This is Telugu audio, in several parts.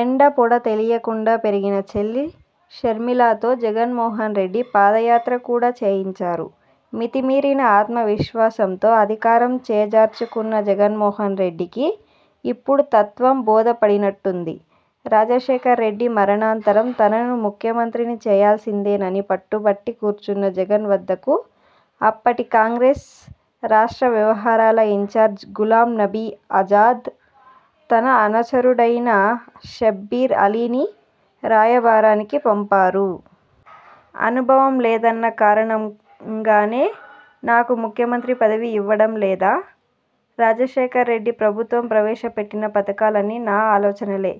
ఎండ పొడ తెలియకుండా పెరిగిన చెల్లి షర్మిలతో జగన్మోహన్రెడ్డి పాదయాత్ర కూడా చేయించారు. మితి మీరిన ఆత్మ విశ్వాసంతో అధికారం చేజార్చుకున్న జగన్మోహన్రెడ్డికి ఇప్పుడు తత్త్వం బోధపడినట్టుంది. రాజశేఖర్రెడ్డి మరణానంతరం తనను ముఖ్యమంత్రిని చేయాల్సిందేనని పట్టుబట్టి కూర్చున్న జగన్ వద్దకు అప్పటి కాంగ్రెస్ రాష్ట్ర వ్యవహారాల ఇన్చార్జ్ గులాంనబీ ఆజాద్ తన అనుచరుడైన షబ్బీర్ అలీని రాయబారానికి పంపారు. 'అనుభవం లేదన్న కారణంగానే నాకు ముఖ్యమంత్రి పదవి ఇవ్వడం లేదా? రాజశేఖర్రెడ్డి ప్రభుత్వం ప్రవేశపెట్టిన పథకాలన్నీ నా ఆలోచనలే!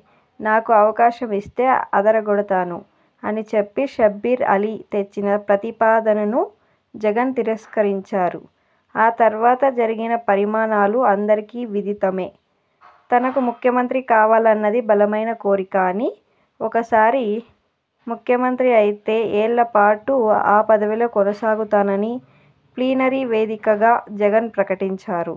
నాకు అవకాశం ఇస్తే అదరగొడతాను' అని చెప్పి షబ్బీర్ అలీ తెచ్చిన ప్రతిపాదనను జగన్ తిరస్కరించారు. ఆ తర్వాత జరిగిన పరిణామాలు అందరికీ విదితమే! తనకు ముఖ్యమంత్రి కావాలన్నది బలమైన కోరిక అనీ, ఒక్కసారి ముఖ్యమంత్రి అయితే ఏళ్లపాటు ఆ పదవిలో కొనసాగుతాననీ ప్లీనరీ వేదికగా జగన్ ప్రకటించారు.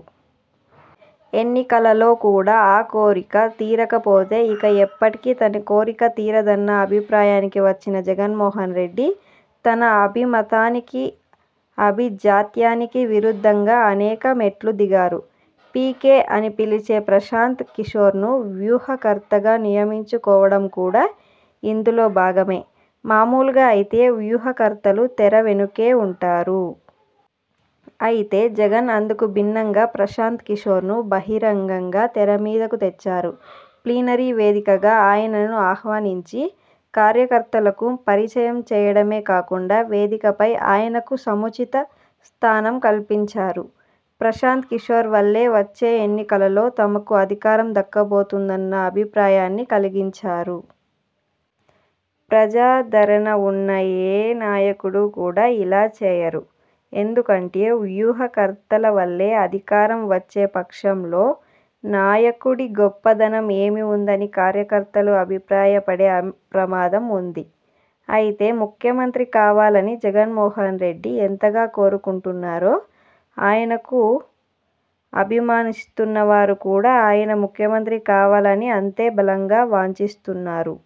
ఎన్నికలలో కూడా ఆ కోరిక తీరకపోతే ఇక ఎప్పటికీ తన కోరిక తీరదన్న అభిప్రాయానికి వచ్చిన జగన్మోహన్రెడ్డి తన అభిమతానికి, అభిజాత్యానికి విరుద్ధంగా అనేక మెట్లు దిగారు. పీకే అని పిలిచే ప్రశాంత్ కిశోర్ను వ్యూహకర్తగా నియమించుకోవడం కూడా ఇందులో భాగమే! మామూలుగా అయితే వ్యూహకర్తలు తెర వెనుకే ఉంటారు. అయితే జగన్ అందుకు భిన్నంగా ప్రశాంత్ కిశోర్ను బహిరంగంగా తెర మీదకు తెచ్చారు. ప్లీనరీ వేదికగా ఆయనను ఆహ్వానించి కార్యకర్తలకు పరిచయం చేయడమే కాకుండా వేదికపై ఆయనకు సముచిత స్థానం కల్పించారు. ప్రశాంత్ కిశోర్ వల్లే వచ్చే ఎన్నికలలో తమకు అధికారం దక్కబోతున్నదన్న అభిప్రాయాన్ని కలిగించారు. ప్రజాదరణ ఉన్న ఏ నాయకుడు కూడా ఇలా చేయరు. ఎందుకంటే వ్యూహకర్తల వల్లే అధికారం వచ్చే పక్షంలో నాయకుడి గొప్పదనం ఏమి ఉందని కార్యకర్తలు అభిప్రాయపడే ప్రమాదం ఉంది. అయితే ముఖ్యమంత్రి కావాలని జగన్మోహన్రెడ్డి ఎంతగా కోరుకుంటున్నారో ఆయనను అభిమానిస్తున్నవారు కూడా ఆయన ముఖ్యమంత్రి కావాలని అంతే బలంగా వాంఛిస్తున్నారు.